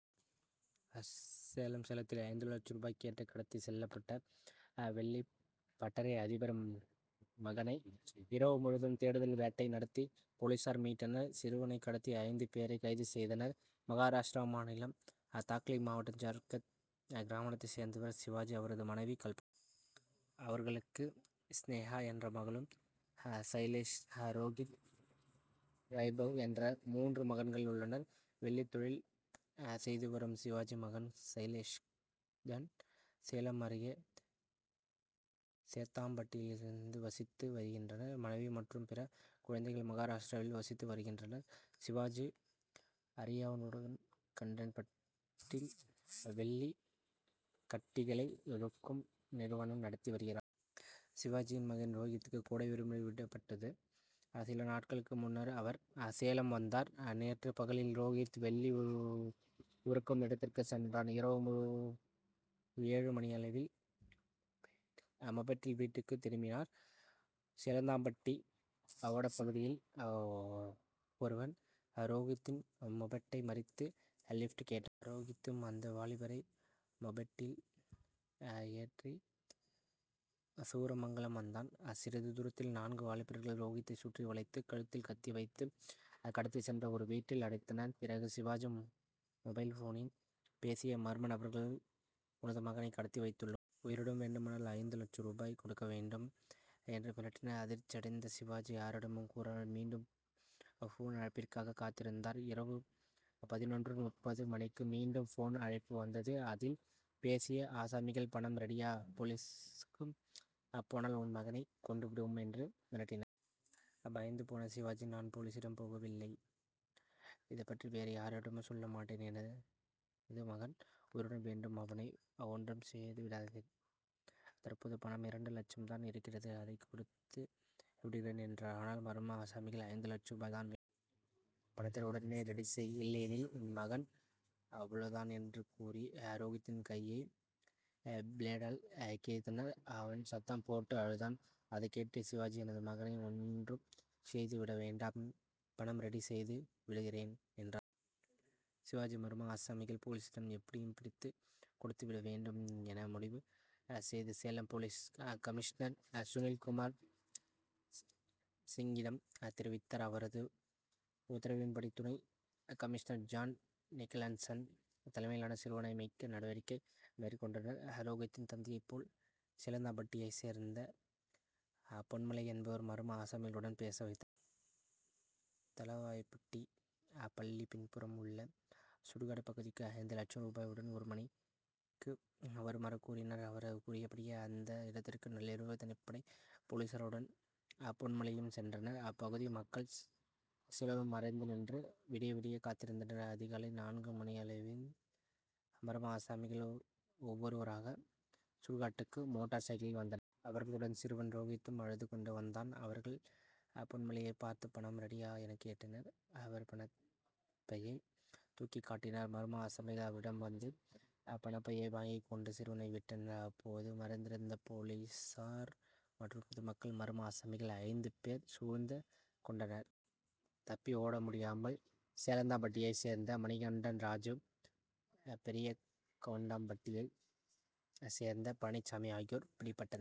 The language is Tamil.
சேலம் சேலத்தில் ஐந்து லட்ச ரூபாய் கேட்டு கடத்திச் செல்லப்பட்ட வெள்ளிப்பட்டறை அதிபர் மகனை இரவு முழுவதும் தேடுதல் வேட்டை நடத்தி போலீசார் மீட்டனர். சிறுவனை கடத்திய ஐந்து பேரை கைது செய்தனர். மகாராஷ்டிரா மாநிலம் தாக்லி மாவட்டம் ஜார்த் கிராமத்தைச் சேர்ந்தவர் சிவாஜி. அவரது மனைவி கல்ப. அவர்களுக்கு ஸ்நேகா என்ற மகளும் சைலேஷ் ரோகித் வைபவ் என்ற மூன்று மகன்கள் உள்ளனர். வெள்ளி தொழில் செய்து வரும் சிவாஜி மகன் சைலேஷுடன் சேலம் அருகே சேலத்தாம்பட்டியில் வசித்து வருகின்றனர். மனைவி மற்றும் பிற குழந்தைகள் மகாராஷ்டிராவில் வசித்து வருகின்றனர். சிவாஜி அரியாக்கவுண்டம்பட்டியில் வெள்ளிக்கட்டிகளை உருக்கும் நிறுவனம் நடத்தி வருகிறார். சிவாஜியின் மகன் ரோகித்துக்கு கோடை விடுமுறை விடப்பட்டது. சில நாட்களுக்கு முன்னர் அவர் சேலம் வந்தான். நேற்று பகலில் ரோகித் வெள்ளி உருக்கும் இடத்துக்கு சென்றான். இரவு ஏழு மணியளவில் மொபெட்டில் வீட்டுக்கு திரும்பினான். சேலத்தாம்பட்டி ஓடப்பகுதியில் ஒருவன் ரோகித்தின் மொபெட்டை மறித்து லிப்ட் கேட்டான். ரோகித்தும் அந்த வாலிபரை மொபெட்டில் ஏற்றி சூரமங்கலம் வந்தான். சிறிது தூரத்தில் நான்கு வாலிபர்கள் ரோகித்தைச் சுற்றி வளைத்து கழுத்தில் கத்தி வைத்து கடத்திச் சென்று ஒரு வீட்டில் அடைத்தனர். பிறகு சிவாஜி மொபைல் போனில் பேசிய மர்ம நபர்கள் உனது மகனை கடத்தி வைத்துள்ளோம். உயிருடன் வேண்டுமானால் ஐந்து லட்ச ரூபாய் கொடுக்க வேண்டும் என்று மிரட்டினர். அதிர்ச்சியடைந்த சிவாஜி யாரிடமும் கூறாமல் மீண்டும் போன் அழைப்பிற்காக காத்திருந்தார். இரவு பதினொன்று முப்பது மணிக்கு மீண்டும் போன் அழைப்பு வந்தது. அதில் பேசிய ஆசாமிகள் பணம் ரெடியா போலீசுக்கு போனால் உன் மகனை கொன்று விடுவோம் என்று மிரட்டினர். பயந்து போன சிவாஜி நான் போலீசிடம் போகவில்லை. இது பற்றி வேறு யாரிடமும் சொல்லமாட்டேன். எனது மகன் உயிருடன் வேண்டும் அவனை ஒன்றும் செய்து விடாதீர். தற்போது பணம் இரண்டு லட்சம் தான் இருக்கிறது அதை கொடுத்து விடுகிறேன் என்றார். ஆனால் மர்ம ஆசாமிகள் ஐந்து லட்ச ரூபாய் தான் பணத்தை உடனே ரெடி செய். இல்லையெனில் உன் மகன் அவ்வளவு தான் என்று கூறி ரோகித்தின் கையை பிளேடால் கிழித்தனர். அவன் சத்தம் போட்டு அழுதான். அதை கேட்டு சிவாஜி எனது மகனை ஒன்றும் செய்து விட வேண்டாம் பணம் ரெடி செய்து விடுகிறேன் என்றார். சிவாஜி மர்ம ஆசாமிகளை போலீசில் எப்படியும் பிடித்து கொடுத்து விட வேண்டும் என முடிவு செய்து சேலம் போலீஸ் கமிஷனர் சுனில்குமார் சிங்கிடம் தெரிவித்தார். அவரது உத்தரவின்படி துணை கமிஷனர் ஜான் நிக்கல்ன்சன் தலைமையில் சிறுவனை மீட்க நடவடிக்கை மேற்கொண்டனர். ரோகித்தின் தந்தை போல் சேலத்தாம்பட்டியைச் சேர்ந்த பொன்மலை என்பவரை மர்ம ஆசாமிகளுடன் பேச வைத்தன. தளவாய்பட்டி பள்ளி பின்புறம் உள்ள சுடுகாடு பகுதிக்கு ஐந்து லட்ச ரூபாயுடன் ஒரு மணிக்கு வருமாறு கூறினர். அவர்கள் கூறியபடி அந்த இடத்திற்கு நள்ளிரவில் தனிப்படை போலீசாரும் பொன்மலையும் சென்றனர். அப்பகுதி மக்கள் சிலரும் மறைந்து நின்றனர். விடிய விடிய காத்திருந்தனர். அதிகாலை நான்கு மணி அளவில் மர்ம ஆசாமிகள் ஒவ்வொருவராக சுடுகாட்டுக்கு மோட்டார் சைக்கிளில் வந்தன. அவர்களுடன் சிறுவன் ரோகித்தும் அழுது கொண்டு வந்தான். அவர்கள் பொன்மலையை பார்த்து பணம் ரெடியா என கேட்டனர். அவர் பணப்பையை தூக்கி காட்டினார். மர்ம ஆசாமிகள் அவரிடம் வந்து பணப்பையை வாங்கிக் கொண்டு சிறுவனை விட்டனர். அப்போது மறைந்திருந்த போலீசார் மற்றும் பொதுமக்கள் மர்ம ஆசாமிகள் ஐந்து பேர் சூழ்ந்து கொண்டனர். தப்பி ஓட முடியாமல் சேலத்தாம்பட்டியைச் சேர்ந்த மணிகண்டன் ராஜு பெரியகவுண்டம்பட்டியைச் சேர்ந்த பழனிசாமி ஆகியோர் பிடிபட்டன.